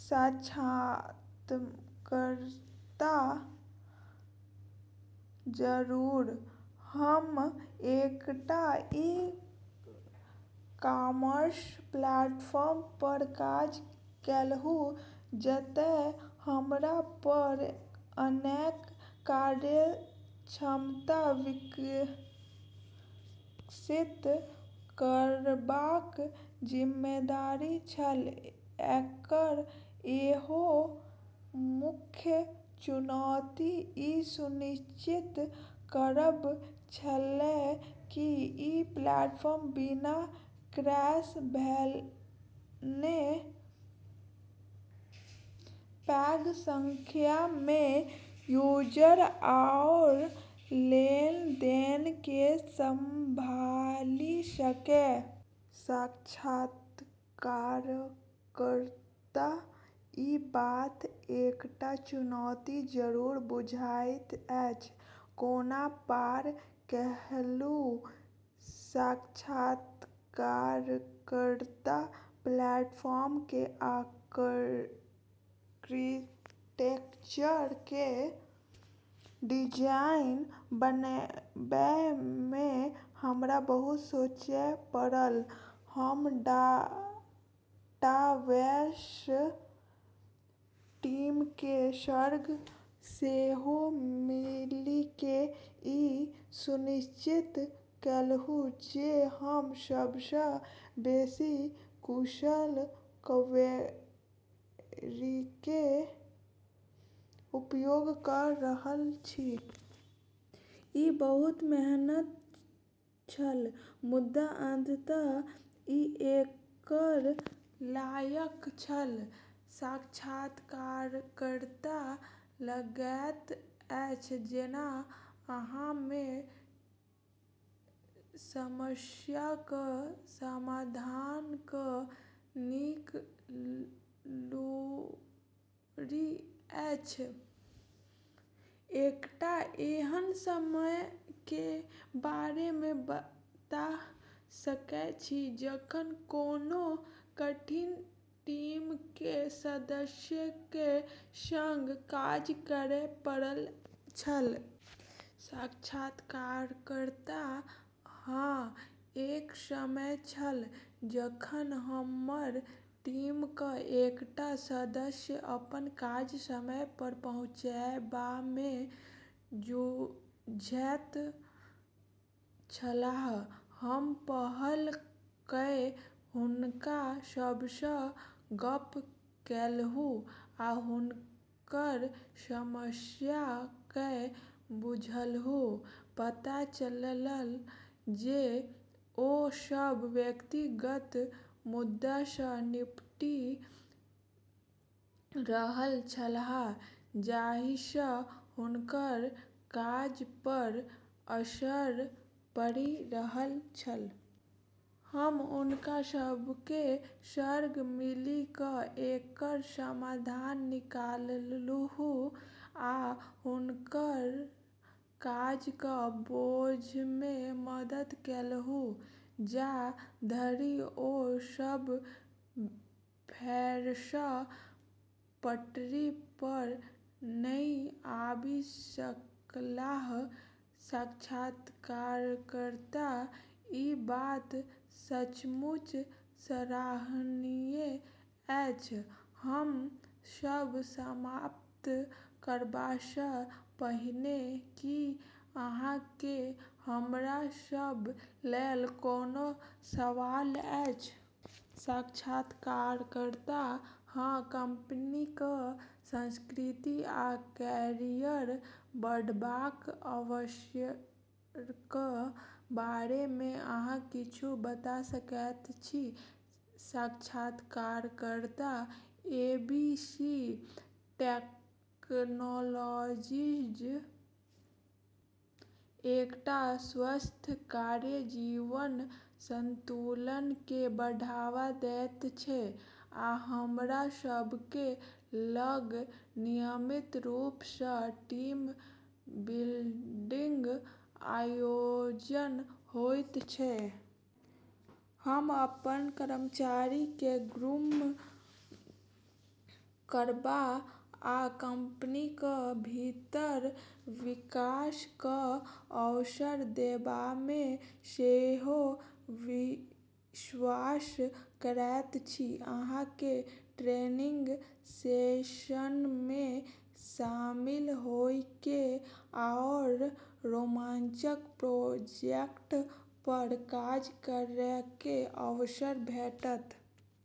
साक्षात्कारकर्ता: जरूर। हम एकटा ई-कॉमर्स प्लेटफॉर्म पर काज केलहुँ, जतय हमरा पर अनेक कार्यक्षमता विकसित करबाक जिम्मेदारी छल। एकर एगो मुख्य चुनौती ई सुनिश्चित करब छलै कि ई प्लेटफॉर्म बिना क्रैश भेने पैघ संख्यामे यूजर आओर लेनदेनके संभालि सकै । साक्षात्कारकर्ता: ई बात एकटा चुनौती जरूर बुझाइत अछि। कोना पार केलहुँ? साक्षात्कारकर्ता: प्लेटफार्मके आर्किटेक्चरके डिजाइन बनबैमे हमरा बहुत सोचय पड़ल। हम डाटाबेस टीमके सङ्ग सेहो मिलिके ई सुनिश्चित केलहुँ जे हम सबसँ बेसी कुशल क्वेरीके उपयोग क' रहल छी । ई बहुत मेहनत छल, मुदा अंततः, ई एकर लायक छल। साक्षात्कारकर्ता: लगैत अछि जेना अहाँमे समस्याक समाधानक नीक लूरि अछि। एकटा एहन समयके बारेमे बता सकय छी जखन कोनो कठिन टीमके सदस्यके सङ्ग काज करय पड़ल छल? साक्षात्कारकर्ता: हँ, एक समय छल जखन हमर टीमक एकटा सदस्य अपन काज समय पर पहुँचेबामे जूझैत छलाह। हम पहल कए हुनका सबसँ गप केलहुँ आ हुनकर समस्या कए बुझलहुँ । पता चलल जे ओ सब व्यक्तिगत मुद्दासँ निपटि रहल छलाह जाहिसँ हुनकर काज पर असर पड़ि रहल छल। हम हुनका सबके सङ्ग मिलि क' एकर समाधान निकाललहुँ आ हुनकर काजक बोझमे मदद केलहुँ जा धरि ओ सब फेरसँ पटरी पर नहि आबि सकलाह। साक्षात्कारकर्ता: ई बात सचमुच सराहनीय अछि! हम सब समाप्त करबासँ पहिने की अहाँके हमरा सब लेल कोनो सवाल अछि? साक्षात्कारकर्ता: हँ, कंपनीक संस्कृति आ कैरियर बढ़बाक अवसरक बारेमे अहाँ किछु बता सकैत छी? साक्षात्कारकर्ता: एबीसी टेक्नोलॉजीज एकटा स्वस्थ कार्य-जीवन संतुलनके बढ़ावा दैत छै, आ हमरा सबके लग नियमित रूपसँ टीम-बिल्डिंग आयोजन होइत छै । हम अपन कर्मचारीके ग्रूम करबा आ कंपनीक भीतर विकास क' अवसर देबामे सेहो विश्वास करैत छी। अहाँके ट्रेनिंग सेशनमे शामिल होइके आओर रोमांचक प्रोजेक्ट पर काज करैके अवसर भेटत ।